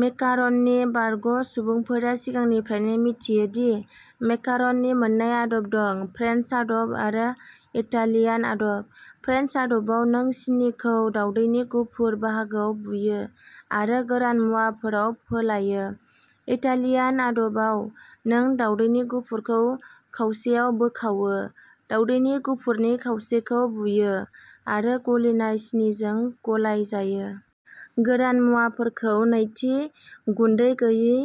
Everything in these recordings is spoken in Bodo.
मेकारननि बारग'सुबुंफोरा सिगांनिफ्रायनो मिथियो दि मेकारननि मोननै आदब दं-फ्रेन्स आदब आरो इटालियान आदब। फ्रेन्स आदबाव, नों सिनिखौ दावदैनि गुफुर बाहागोआव बुयो आरो गोरान मुवाफोराव फोलायो। इटालियान आदबाव, नों दावदैनि गुफुरखौ खावसेयाव बोखावो। दावदैनि गुफुरनि खावसेखौ बुयो आरो गलिनाय सिनिजों गलायजायो। गोरान मुवाफोरखौ नैथि, गुन्दै गैयै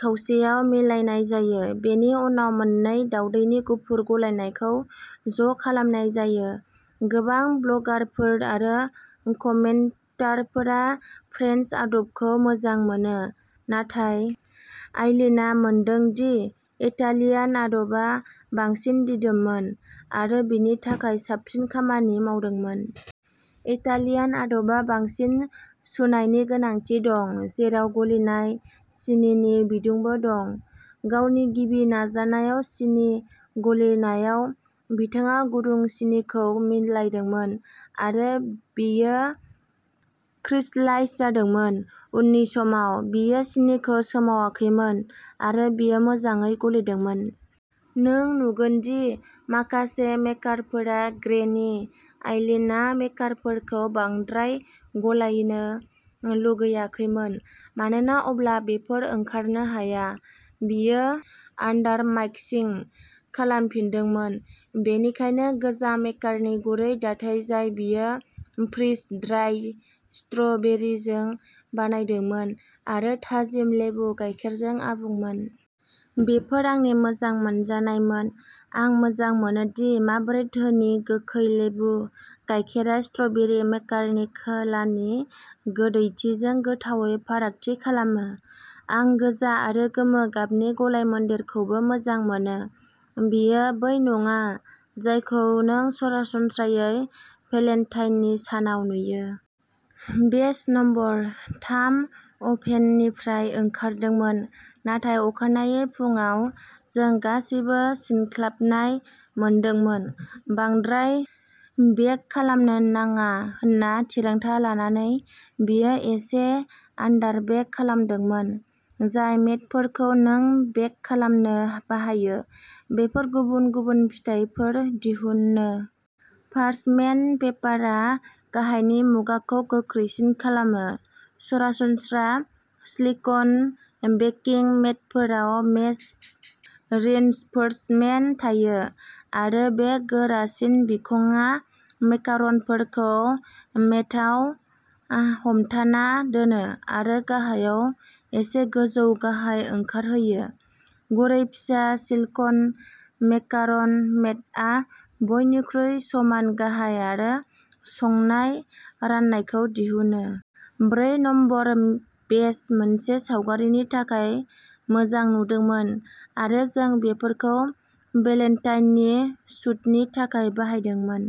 खावसेयाव मिलायनाय जायो। बेनि उनाव मोन्नै दावदैनि गुफुर गलायनायखौ ज'खालामनाय जायो। गोबां ब्लगारफोर आरो कमेन्टारफोरा फ्रेन्स आदबखौ मोजां मोनो, नाथाय आइलीनआ मोनदों दि इटालियान आदबा बांसिन दिदोममोन, आरो बिनि थाखाय साबसिन खामानि मावदोंमोन। इटालियान आदबा बांसिन सुनायनि गोनांथि दं, जेराव गलिनाय सिनिनि बिदुंबो दं। गावनि गिबि नाजानायाव सिनि गलिनायाव, बिथाङा गुदुं सिनिखौ मिलायदोंमोन आरो बेयो क्रिस्टलाइज जादोंमोन। उननि समाव। बियो सिनिखौ सोमावाखैमोन आरो बेयो मोजाङै गलिदोंमोन। नों नुगोन दि माखासे मेकारनफोरा ग्रेनि। आइलीनआ मेकारनफोरखौ बांद्राय गलायनो लुगैयाखैमोन मानोना अब्ला बेफोर ओंखारनो हाया। बियो आन्दारमाइक्सिं खालामफिनदोंमोन-बेनिखायनो गोजा मेकारननि गुरै दाथाय जाय बियो फ्रिज-ड्राइ स्ट्र'बेरिजों बानायदोंमोन आरो थाजिम लेबु गाइखेरजों आबुंमोन। बेफोर आंनि मोजां मोनजानायमोन। आं मोजां मोनोदि माबोरै धोनि, गोखै लेबु गाइखेरआ स्ट्र'बेरि मेकारननि खोलानि गोदैथिजों गोथावै फारागथि खालामो। आं गोजा आरो गोमो गाबनि गलायमोन्देरखौबो मोजां मोनो। बेयो बै नङा जायखौ नों सरासनस्रायै भेलेन्टाइननि सानाव नुयो। बेच नम्बर थाम अभेननिफ्राय ओंखारदोंमोन, नाथाय अखानायै फुंआव जों गासैबो सिनख्लाबनाय मोनदोंमोन। बांद्राय बेक खालामनो नाङा होनना थिरांथा लानानै, बियो एसे आन्दारबेक खालामदोंमोन। जाय मेटफोरखौ नों बेक खालामनो बाहायो, बेफोर गुबुन गुबुन फिथायफोर दिहुनो। पार्चमेन्ट पेपारआ गाहायनि मुगाखौ गोख्रैसिन खालामो। सरासनस्रा स्लिक'न बेकिं मेटफोराव मेश रिइनफोर्समेन्ट थायो, आरो बे गोरासिन बिखंआ मेकार'नफोरखौ मेटआव हमथाना दोनो आरो गाहायाव एसे गोजौ-गाहाय ओंखारहोयो। गुरै, फिसा सिलिक'न मेकार'न मेटआ बयनिख्रुइ समान गाहाय आरो संनाय राननायखौ दिहुनो। ब्रै नम्बर बेच मोनसे सावगारिनि थाखाय मोजां नुदोंमोन आरो जों बेफोरखौ भेलेन्टाइननि शूटनि थाखाय बाहायदोंमोन।